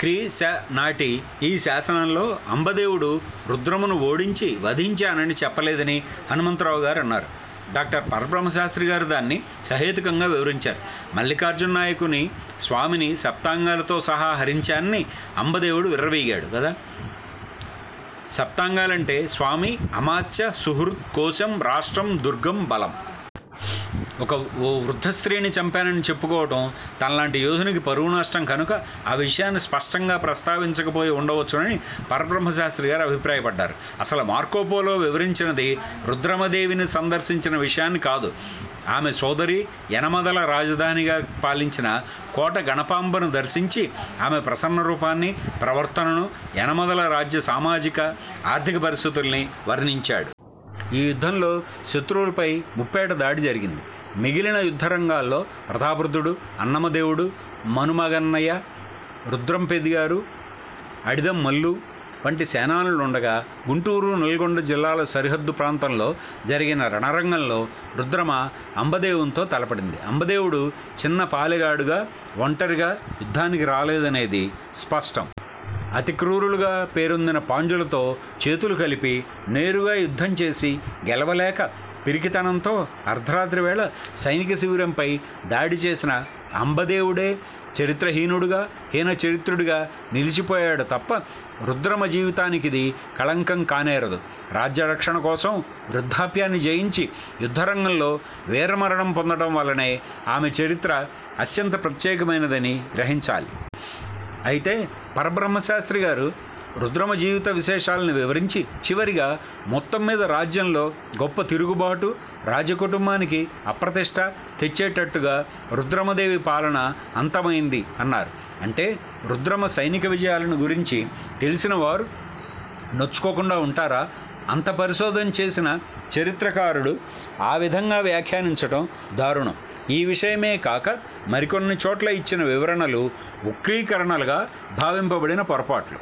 క్రీ. శ. నాటి ఈ శాసనంలో అంబదేవుడు రుద్రమను ఓడించి వధించానని చెప్పలేదని హనుమంతరావుగారన్నారు. డా. పరబ్రహ్మశాస్త్రిగారు దాన్ని సహేతుకంగా వివరించారు. మల్లికార్జున నాయకుని స్వామి ని సప్తాంగాలతో సహా హరించానని అంబదేవుడు విర్రవీగాడు గదా! సప్తాంగాలంటే స్వామి, అమాత్య, సుహృత్, కోశం, రాష్ట్రం, దుర్గం, బలం. ఓక''ఓ వృద్ధ స్త్రీని చంపానని చెప్పుకోవటం తనలాంటి యోధునికి పరువునష్టం కనుక ఆ విషయాన్ని స్పష్టంగా ప్రస్తావించకపోయి ఉండవచ్చు''నని పరబ్రహ్మశాస్త్రిగారు అభిప్రాయ పడ్డారు. అసలు మార్కొపోలో వివరించినది రుద్రమదేవిని సందర్శించిన విషయాన్ని కాదు. ఆమె సోదరి, యనమదల రాజధానిగా పాలించిన కోట గణపాంబను దర్శించి, ఆమె ప్రసన్న రూపాన్ని, ప్రవర్తనను, యనమదల రాజ్య సామాజిక, ఆర్థిక పరిస్థితుల్ని వర్ణించాడు. ఈ యుద్ధంలో శత్రువుల పై ముప్పేట దాడి జరిగింది. మిగిలిన యుద్ధరంగాల్లో ప్రతాపరుద్రుడు, అన్నమ దేవుడు, మనుమగన్నయ, రుద్రపెద్దింగారు, అడిదంమల్లు వంటి సేనానులుండగా, గుంటూరు, నల్గొండ జిల్లాల సరిహద్దు ప్రాంతంలో జరిగిన రణరంగంలో రుద్రమ అంబదేవునితో తలపడింది. అంబదేవుడు చిన్నపాలెగాడుగా ఒంటరిగా యుద్ధానికి రాలేదనేది స్పష్టం. అతిక్రూరులుగా పేరొందిన పాండ్యులతో చేతులు కలిపి నేరుగా యుద్ధం చేసి గెలవలేక పిరికితనంతో అర్ధరాత్రివేళ సైనిక శిబిరంపై దాడి చేసిన అంబదేవుడే చరిత్రహీనుడుగా, హీనచరిత్రుడిగా నిలిచిపోయాడు తప్ప రుద్రమ జీవితానికిది కళంకం కానేరదు. రాజ్యరక్షణ కోసం వృద్ధాప్యాన్ని జయించి యుద్ధరంగంలో వీరమరణం పొందటంవల్లనే ఆమె చరిత్ర అత్యంత ప్రత్యేకమైనదని గ్రహించాలి. అయితే పరబ్రహ్మశాస్త్రిగారు రుద్రమ జీవిత విశేషాల్ని వివరించి చివరిగా, ''మొత్తం మీద రాజ్యంలో గొప్ప తిరుగుబాటు, రాజకుటుంబానికి అప్రతిష్ట తెచ్చేటట్టుగా రుద్రమదేవి పాలన అంతమైంది'' అన్నారు. అంటే రుద్రమ సైనిక విజయాలను గురించి తెలిసిన వారు నొచ్చుకోకుండా ఉంటార? అంత పరిశోధన చేసిన చరిత్రకారుడు ఆవిధంగా వ్యాఖ్యానించటం దారుణం. ఈ విషయమేకాక మరికొన్ని చోట్ల ఇచ్చిన వివరణలు వక్రీకరణలుగా భావింపబడిన పొరపాట్లు